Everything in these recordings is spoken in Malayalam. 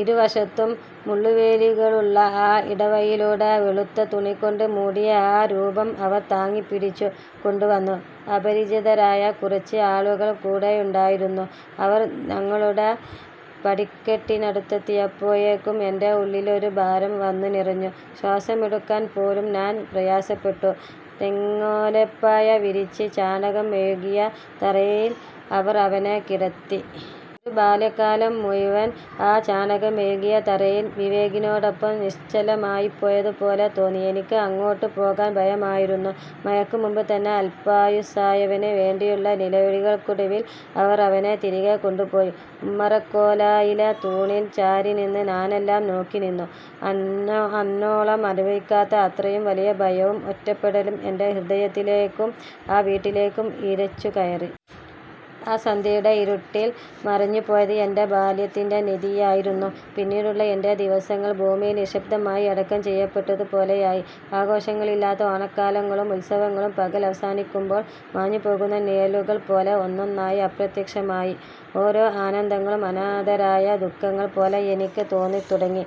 ഇരുവശത്തും മുള്ളുവേലികളുള്ള ആ ഇടവഴിയിലൂടെ, വെളുത്ത തുണികൊണ്ട് മൂടിയ ആ രൂപം അവർ താങ്ങിപ്പിടിച്ചു കൊണ്ടുവന്നു. അപരിചിതരായ കുറച്ച് ആളുകൾ കൂടെയുണ്ടായിരുന്നു. അവർ ഞങ്ങളുടെ പടിക്കെട്ടിനടുത്തെത്തിയപ്പോഴേക്കും എന്റെ ഉള്ളിലൊരു ഭാരം വന്നു നിറഞ്ഞു. ശ്വാസമെടുക്കാൻ പോലും ഞാൻ പ്രയാസപ്പെട്ടു. തെങ്ങോലപ്പായ വിരിച്ച്, ചാണകം മെഴുകിയ തറയിൽ അവർ അവനെ കിടത്തി. ഒരു ബാല്യകാലം മുഴുവൻ ആ ചാണകം മെഴുകിയ തറയിൽ വിവേകിനോടൊപ്പം നിശ്ചലമായിപ്പോയതുപോലെ തോന്നി. എനിക്ക് അങ്ങോട്ട് പോകാൻ ഭയമായിരുന്നു. മഴയ്ക്ക് മുമ്പ് തന്നെ അൽപായുസ്സായവന് വേണ്ടിയുള്ള നിലവിളികൾക്കൊടുവിൽ അവർ അവനെ തിരികെ കൊണ്ടുപോയി. ഉമ്മറക്കോലായിലെ തൂണിൽ ചാരിനിന്ന് ഞാനെല്ലാം നോക്കി നിന്നു. അന്നോളം അനുഭവിക്കാത്ത അത്രയും വലിയ ഭയവും ഒറ്റപ്പെടലും എന്റെ ഹൃദയത്തിലേക്കും ആ വീട്ടിലേക്കും ഇരച്ചുകയറി. ആ സന്ധ്യയുടെ ഇരുട്ടിൽ മറഞ്ഞുപോയത് എന്റെ ബാല്യത്തിന്റെ നിധിയായിരുന്നു. പിന്നീടുള്ള എന്റെ ദിവസങ്ങൾ ഭൂമിയിൽ നിശ്ശബ്ദമായി അടക്കം ചെയ്യപ്പെട്ടതുപോലെയായി. ആഘോഷങ്ങളില്ലാത്ത ഓണക്കാലങ്ങളും ഉത്സവങ്ങളും പകൽ അവസാനിക്കുമ്പോൾ മാഞ്ഞുപോകുന്ന നിഴലുകൾ പോലെ ഒന്നൊന്നായി അപ്രത്യക്ഷമായി. ഓരോ ആനന്ദങ്ങളും അനാഥരായ ദുഃഖങ്ങൾ പോലെ എനിക്ക് തോന്നിത്തുടങ്ങി.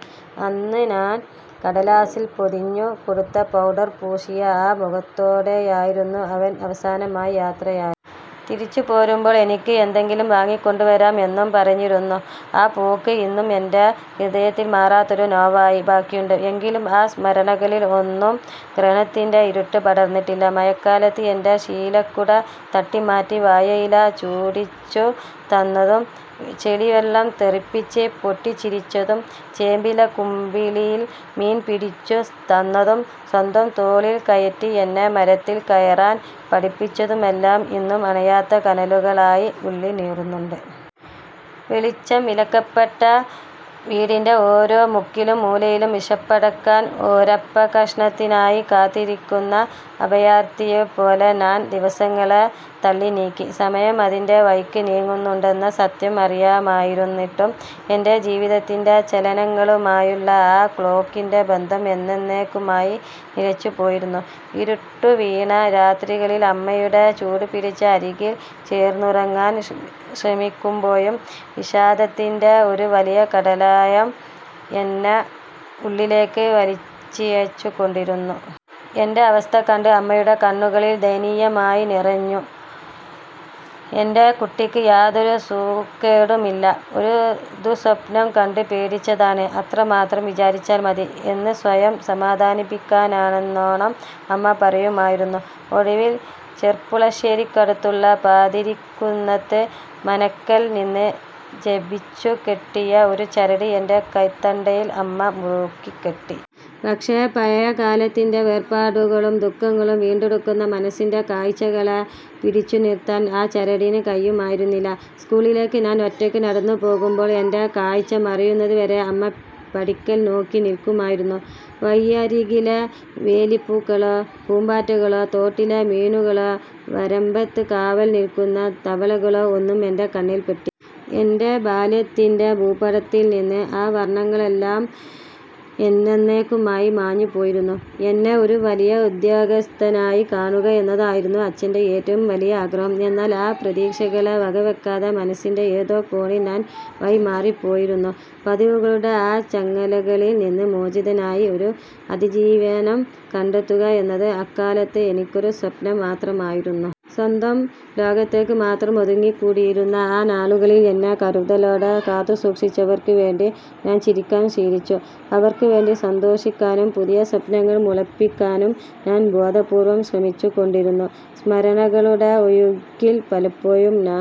അന്ന് ഞാൻ കടലാസിൽ പൊതിഞ്ഞു കൊടുത്ത പൗഡർ പൂശിയ ആ മുഖത്തോടെയായിരുന്നു അവൻ അവസാനമായി യാത്രയായത്. തിരിച്ച് പോരുമ്പോൾ എനിക്ക് എന്തെങ്കിലും വാങ്ങി കൊണ്ടുവരാം എന്നും പറഞ്ഞിരുന്നു. ആ പോക്ക് ഇന്നും എന്റെ ഹൃദയത്തിൽ മാറാത്തൊരു നോവായി ബാക്കിയുണ്ട്. എങ്കിലും ആ സ്മരണകളിൽ ഒന്നും ഗ്രഹണത്തിന്റെ ഇരുട്ട് പടർന്നിട്ടില്ല. മഴക്കാലത്ത് എന്റെ ശീലക്കുട തട്ടിമാറ്റി വാഴയില ചൂടിച്ചു തന്നതും, ചെളിവെള്ളം തെറിപ്പിച്ച് പൊട്ടിച്ചിരിച്ചതും, ചേമ്പില കുമ്പിളിൽ മീൻ പിടിച്ചു തന്നതും, സ്വന്തം തോളിൽ കയറ്റി എന്നെ മരത്തിൽ കയറാൻ പഠിപ്പിച്ചതുമെല്ലാം ഇന്നും അണയാത്ത കനലുകളായി ഉള്ളിൽ നീറുന്നുണ്ട്. വെളിച്ചം വിലക്കപ്പെട്ട വീടിന്റെ ഓരോ മുക്കിലും മൂലയിലും, വിശപ്പടക്കാൻ ഒരപ്പക്കഷണത്തിനായി കാത്തിരിക്കുന്ന അഭയാർത്ഥിയെപ്പോലെ ഞാൻ ദിവസങ്ങളെ തള്ളിനീക്കി. സമയം അതിന്റെ വഴിക്ക് നീങ്ങുന്നുണ്ടെന്ന സത്യം അറിയാമായിരുന്നിട്ടും, എന്റെ ജീവിതത്തിന്റെ ചലനങ്ങളുമായുള്ള ആ ക്ലോക്കിന്റെ ബന്ധം എന്നെന്നേക്കുമായി നിലച്ചുപോയിരുന്നു. ഇരുട്ടു വീണ രാത്രികളിൽ അമ്മയുടെ ചൂടുപിടിച്ച അരികിൽ ചേർന്നുറങ്ങാൻ ശ്രമിക്കുമ്പോഴും, വിഷാദത്തിന്റെ ഒരു വലിയ കടലാഴം എന്നെ ഉള്ളിലേക്ക് വലിച്ചിഴച്ചുകൊണ്ടിരുന്നു. എന്റെ അവസ്ഥ കണ്ട് അമ്മയുടെ കണ്ണുകളിൽ ദയനീയമായി നിറഞ്ഞു. "എന്റെ കുട്ടിക്ക് യാതൊരു സൂക്കേടുമില്ല... ഒരു ദുഃസ്വപ്നം കണ്ട് പേടിച്ചതാണ്, അത്രമാത്രം വിചാരിച്ചാൽ മതി," എന്ന് സ്വയം സമാധാനിപ്പിക്കാനെന്നോണം അമ്മ പറയുമായിരുന്നു. ഒടുവിൽ ചെർപ്പുളശ്ശേരിക്കടുത്തുള്ള പാതിരിക്കുന്നത്ത് മനയ്ക്കൽ നിന്ന് ജപിച്ചുകെട്ടിയ ഒരു ചരട് എന്റെ കൈത്തണ്ടയിൽ അമ്മ മുറുക്കിക്കെട്ടി. പക്ഷേ, പഴയകാലത്തിന്റെ വേർപാടുകളും ദുഃഖങ്ങളും വീണ്ടെടുക്കുന്ന മനസ്സിന്റെ കാഴ്ചകളെ പിടിച്ചുനിർത്താൻ ആ ചരടിന് കഴിയുമായിരുന്നില്ല. സ്കൂളിലേക്ക് ഞാൻ ഒറ്റയ്ക്ക് നടന്നുപോകുമ്പോൾ, എന്റെ കാഴ്ച മറയുന്നത് വരെ അമ്മ പടിക്കൽ നോക്കി നിൽക്കുമായിരുന്നു. വഴിയരികിലെ വേലിപ്പൂക്കളോ, പൂമ്പാറ്റകളോ, തോട്ടിലെ മീനുകളോ, വരമ്പത്ത് കാവൽ നിൽക്കുന്ന തവളകളോ ഒന്നും എന്റെ കണ്ണിൽ പെട്ടില്ല. എന്റെ ബാല്യത്തിന്റെ ഭൂപടത്തിൽ നിന്ന് ആ വർണ്ണങ്ങളെല്ലാം എന്നെന്നേക്കുമായി മാഞ്ഞുപോയിരുന്നു. എന്നെ ഒരു വലിയ ഉദ്യോഗസ്ഥനായി കാണുക എന്നതായിരുന്നു അച്ഛന്റെ ഏറ്റവും വലിയ ആഗ്രഹം. എന്നാൽ ആ പ്രതീക്ഷകളെ വകവെക്കാതെ, മനസ്സിന്റെ ഏതോ കോണിൽ ഞാൻ വഴിമാറിപ്പോയിരുന്നു. പതിവുകളുടെ ആ ചങ്ങലകളിൽ നിന്ന് മോചിതനായി ഒരു അതിജീവനം കണ്ടെത്തുക എന്നത് അക്കാലത്ത് എനിക്കൊരു സ്വപ്നം മാത്രമായിരുന്നു. സ്വന്തം ലോകത്തേക്ക് മാത്രം ഒതുങ്ങിക്കൂടിയിരുന്ന ആ നാളുകളിൽ, എന്നെ കരുതലോടെ കാത്തുസൂക്ഷിച്ചവർക്ക് വേണ്ടി ഞാൻ ചിരിക്കാൻ ശീലിച്ചു. അവർക്ക് വേണ്ടി സന്തോഷിക്കാനും പുതിയ സ്വപ്നങ്ങൾ മുളപ്പിക്കാനും ഞാൻ ബോധപൂർവ്വം ശ്രമിച്ചു കൊണ്ടിരുന്നു. സ്മരണകളുടെ ഒഴുക്കിൽ പലപ്പോഴും ഞാൻ